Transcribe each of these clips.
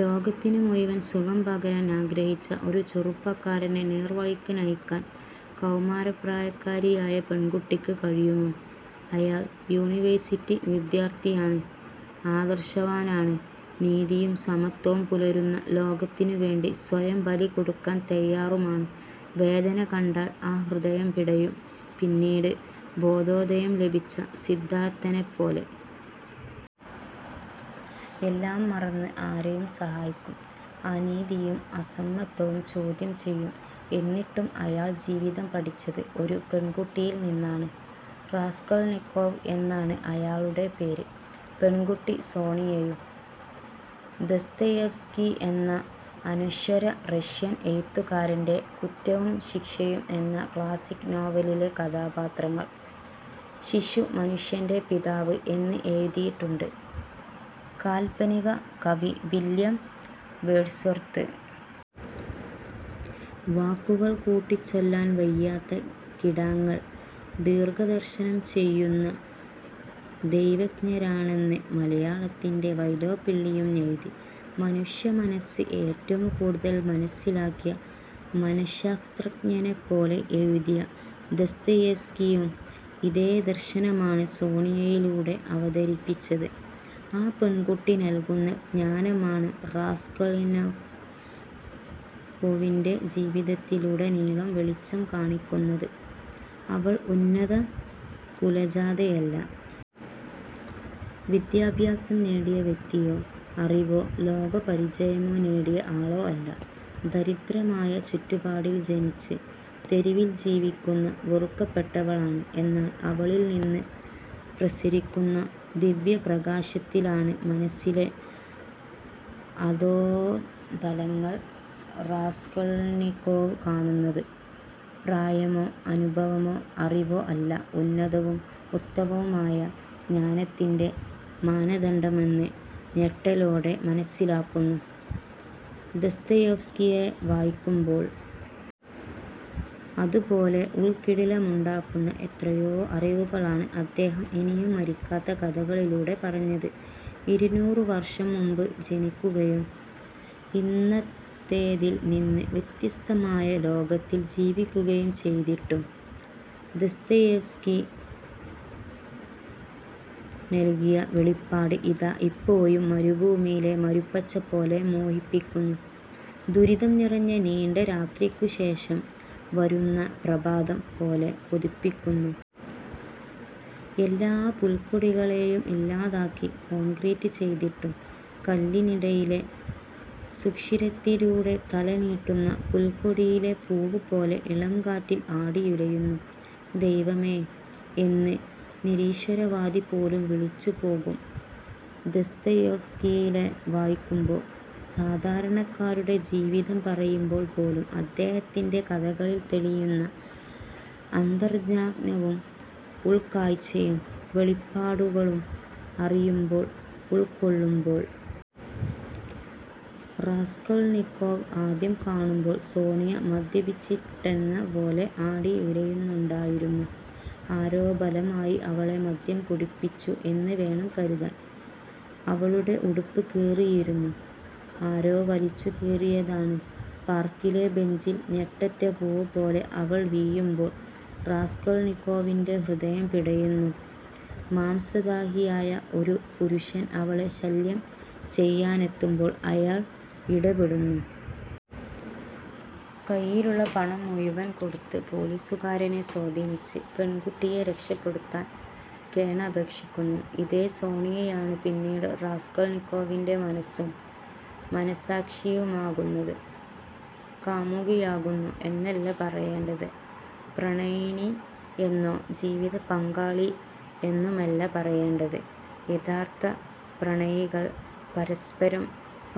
ലോകത്തിനു മുഴുവൻ സുഖം പകരാൻ ആഗ്രഹിച്ച ഒരു ചെറുപ്പക്കാരനെ നേർവഴിക്ക് നയിക്കാൻ കൗമാരപ്രായക്കാരിയായ പെൺകുട്ടിക്ക് കഴിയുമോ? അയാൾ യൂണിവേഴ്സിറ്റി വിദ്യാർത്ഥിയാണ്, ആദർശവാനാണ്. നീതിയും സമത്വവും പുലരുന്ന ലോകത്തിനു വേണ്ടി സ്വയം ബലി കൊടുക്കാൻ തയ്യാറുമാണ്. വേദന കണ്ടാൽ ആ ഹൃദയം പിടയും, പിന്നീട് ബോധോദയം ലഭിച്ച സിദ്ധാർത്ഥനെപ്പോലെ. എല്ലാം മറന്ന് ആരെയും സഹായിക്കും. അനീതിയും അസമത്വവും ചോദ്യം ചെയ്യും. എന്നിട്ടും അയാൾ ജീവിതം പഠിച്ചത് ഒരു പെൺകുട്ടിയിൽ നിന്നാണ്. റാസ്കൾനിക്കോവ് എന്നാണ് അയാളുടെ പേര്. പെൺകുട്ടി സോണിയയും. ദസ്തയേവ്സ്കി എന്ന അനശ്വര റഷ്യൻ എഴുത്തുകാരൻ്റെ കുറ്റവും ശിക്ഷയും എന്ന ക്ലാസിക് നോവലിലെ കഥാപാത്രങ്ങൾ. ശിശു മനുഷ്യൻ്റെ പിതാവ് എന്ന് എഴുതിയിട്ടുണ്ട് കാൽപ്പനിക കവി വില്യം വേഡ്സ്വർത്ത്. വാക്കുകൾ കൂട്ടിച്ചൊല്ലാൻ വയ്യാത്ത കിടാങ്ങൾ ദീർഘദർശനം ചെയ്യുന്ന ദൈവജ്ഞരാണെന്ന് മലയാളത്തിൻ്റെ വൈലോപ്പിള്ളിയും എഴുതി. മനുഷ്യ മനസ്സ് ഏറ്റവും കൂടുതൽ മനസ്സിലാക്കിയ, മനഃശാസ്ത്രജ്ഞനെപ്പോലെ എഴുതിയ ദസ്തയേവ്സ്കിയും ഇതേ ദർശനമാണ് സോണിയയിലൂടെ അവതരിപ്പിച്ചത്. ആ പെൺകുട്ടി നൽകുന്ന ജ്ഞാനമാണ് റാസ്കൾനിക്കോവിൻ്റെ ജീവിതത്തിലുടനീളം വെളിച്ചം കാണിക്കുന്നത്. അവൾ ഉന്നത കുലജാതയല്ല. വിദ്യാഭ്യാസം നേടിയ വ്യക്തിയോ അറിവോ ലോകപരിചയമോ നേടിയ ആളോ അല്ല. ദരിദ്രമായ ചുറ്റുപാടിൽ ജനിച്ച്, തെരുവിൽ ജീവിക്കുന്ന വെറുക്കപ്പെട്ടവളാണ്. എന്നാൽ അവളിൽ നിന്ന് പ്രസരിക്കുന്ന ദിവ്യപ്രകാശത്തിലാണ് മനസ്സിലെ അധോതലങ്ങൾ റാസ്കൾനിക്കോവ് കാണുന്നത്. പ്രായമോ അനുഭവമോ അറിവോ അല്ല ഉന്നതവും ഉദാത്തവുമായ ജ്ഞാനത്തിൻ്റെ മാനദണ്ഡമെന്ന് ഞെട്ടലോടെ മനസ്സിലാക്കുന്നു ദസ്തയേവ്സ്കിയെ വായിക്കുമ്പോൾ. അതുപോലെ ഉൾക്കിടിലമുണ്ടാക്കുന്ന എത്രയോ അറിവുകളാണ് അദ്ദേഹം ഇനിയും മരിക്കാത്ത കഥകളിലൂടെ പറഞ്ഞത്. ഇരുനൂറ് വർഷം മുൻപ് ജനിക്കുകയും ഇന്നത്തേതിൽ നിന്ന് വ്യത്യസ്തമായ ലോകത്തിൽ ജീവിക്കുകയും ചെയ്തിട്ടും ദസ്തയേവ്സ്കി നൽകിയ വെളിപാട് ഇതാ ഇപ്പോഴും മരുഭൂമിയിലെ മരുപ്പച്ച പോലെ മോഹിപ്പിക്കുന്നു. ദുരിതം നിറഞ്ഞ നീണ്ട രാത്രിക്കു ശേഷം വരുന്ന പ്രഭാതം പോലെ കൊതിപ്പിക്കുന്നു. എല്ലാ പുൽക്കൊടികളെയും ഇല്ലാതാക്കി കോൺക്രീറ്റ് ചെയ്തിട്ടും കല്ലിനിടയിലെ സുഷിരത്തിലൂടെ തല നീട്ടുന്ന പുൽക്കൊടിയിലെ പൂവ് പോലെ ഇളംകാറ്റിൽ ആടിയുലയുന്നു. ദൈവമേ എന്ന് നിരീശ്വരവാദി പോലും വിളിച്ചുപോകും ദസ്തയേവ്സ്കിയെ വായിക്കുമ്പോൾ. സാധാരണക്കാരുടെ ജീവിതം പറയുമ്പോൾ പോലും അദ്ദേഹത്തിൻ്റെ കഥകളിൽ തെളിയുന്ന അന്തർജ്ഞാനവും ഉൾക്കാഴ്ചയും വെളിപാടുകളും അറിയുമ്പോൾ, ഉൾക്കൊള്ളുമ്പോൾ. റാസ്കൾനിക്കോവ് ആദ്യം കാണുമ്പോൾ സോണിയ മദ്യപിച്ചിട്ടെന്ന പോലെ ആടിയുലയുന്നുണ്ടായിരുന്നു. ആരോ ബലമായി അവളെ മദ്യം കുടിപ്പിച്ചു എന്ന് വേണം കരുതാൻ. അവളുടെ ഉടുപ്പ് കീറിയിരുന്നു. ആരോ വലിച്ചുകീറിയതാണ്. പാർക്കിലെ ബെഞ്ചിൽ ഞെട്ടറ്റ പൂവ് പോലെ അവൾ വീഴുമ്പോൾ, റാസ്കൾനിക്കോവിൻ്റെ ഹൃദയം പിടയുന്നു. മാംസദാഹിയായ ഒരു പുരുഷൻ അവളെ ശല്യം ചെയ്യാനെത്തുമ്പോൾ അയാൾ ഇടപെടുന്നു. കയ്യിലുള്ള പണം മുഴുവൻ കൊടുത്ത് പോലീസുകാരനെ സ്വാധീനിച്ച് പെൺകുട്ടിയെ രക്ഷപ്പെടുത്താൻ കേണപേക്ഷിക്കുന്നു. ഇതേ സോണിയയാണ് പിന്നീട് റാസ്കൾനിക്കോവിൻ്റെ മനസ്സും മനഃസാക്ഷിയുമാകുന്നത്. കാമുകിയാകുന്നു എന്നല്ല പറയേണ്ടത്, പ്രണയിനി എന്നോ ജീവിത പങ്കാളി എന്നുമല്ല പറയേണ്ടത്. യഥാർത്ഥ പ്രണയികൾ പരസ്പരം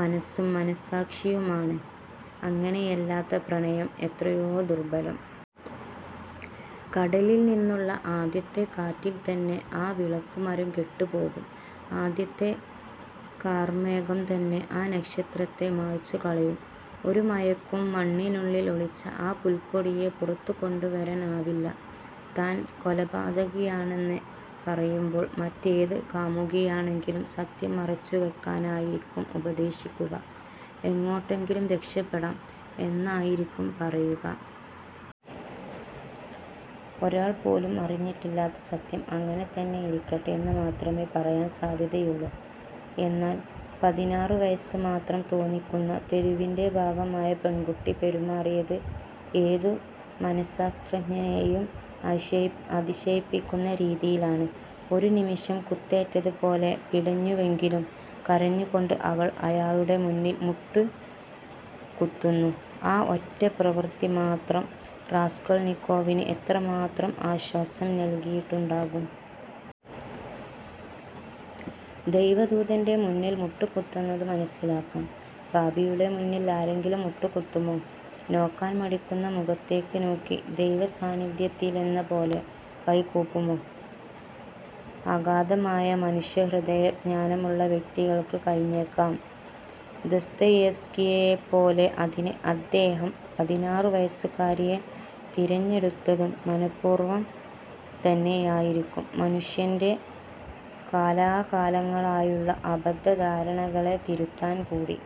മനസ്സും മനഃസാക്ഷിയുമാണ്. അങ്ങനെയല്ലാത്ത പ്രണയം എത്രയോ ദുർബലം! കടലിൽ നിന്നുള്ള ആദ്യത്തെ കാറ്റിൽത്തന്നെ ആ വിളക്കുമരം കെട്ടുപോകും. ആദ്യത്തെ കാർമേഘം തന്നെ ആ നക്ഷത്രത്തെ മായ്ച്ചുകളയും. ഒരു മഴയ്ക്കും മണ്ണിനുള്ളിൽ ഒളിച്ച ആ പുൽക്കൊടിയെ പുറത്തുകൊണ്ടുവരാൻ ആവില്ല. താൻ കൊലപാതകിയാണെന്ന് പറയുമ്പോൾ മറ്റേത് കാമുകിയാണെങ്കിലും സത്യം മറച്ചുവെക്കാനായിരിക്കും ഉപദേശിക്കുക. എങ്ങോട്ടെങ്കിലും രക്ഷപ്പെടാം എന്നായിരിക്കും പറയുക. ഒരാൾ പോലും അറിഞ്ഞിട്ടില്ലാത്ത സത്യം അങ്ങനെതന്നെയിരിക്കട്ടെ എന്ന് മാത്രമേ പറയാൻ സാധ്യതയുള്ളൂ. എന്നാൽ, പതിനാറ് വയസ്സ് മാത്രം തോന്നിക്കുന്ന, തെരുവിൻ്റെ ഭാഗമായ പെൺകുട്ടി പെരുമാറിയത് ഏതു മനഃശാസ്ത്രജ്ഞനെയും അതിശയിപ്പിക്കുന്ന രീതിയിലാണ്. ഒരു നിമിഷം കുത്തേറ്റതുപോലെ പിടഞ്ഞുവെങ്കിലും കരഞ്ഞുകൊണ്ട് അവൾ അയാളുടെ മുന്നിൽ മുട്ടുകുത്തുന്നു. ആ ഒറ്റ പ്രവൃത്തി മാത്രം റാസ്കൾനിക്കോവിന് എത്രമാത്രം ആശ്വാസം നൽകിയിട്ടുണ്ടാകും. ദൈവദൂതൻ്റെ മുന്നിൽ മുട്ടുകുത്തുന്നത് മനസ്സിലാക്കാം, പാപിയുടെ മുന്നിൽ ആരെങ്കിലും മുട്ടുകുത്തുമോ? നോക്കാൻ മടിക്കുന്ന മുഖത്തേക്ക് നോക്കി ദൈവസാന്നിധ്യത്തിലെന്നപോലെ കൈകൂപ്പുമോ? അഗാധമായ മനുഷ്യഹൃദയ ജ്ഞാനമുള്ള വ്യക്തികൾക്ക് കഴിഞ്ഞേക്കാം, ദസ്തയേവ്സ്കിയെപ്പോലെ. അതിന് അദ്ദേഹം പതിനാറ് വയസ്സുകാരിയെ തിരഞ്ഞെടുത്തതും മനഃപൂർവ്വം തന്നെയായിരിക്കും, മനുഷ്യൻ്റെ കാലാകാലങ്ങളായുള്ള അബദ്ധ ധാരണകളെ തിരുത്താൻ കൂടി.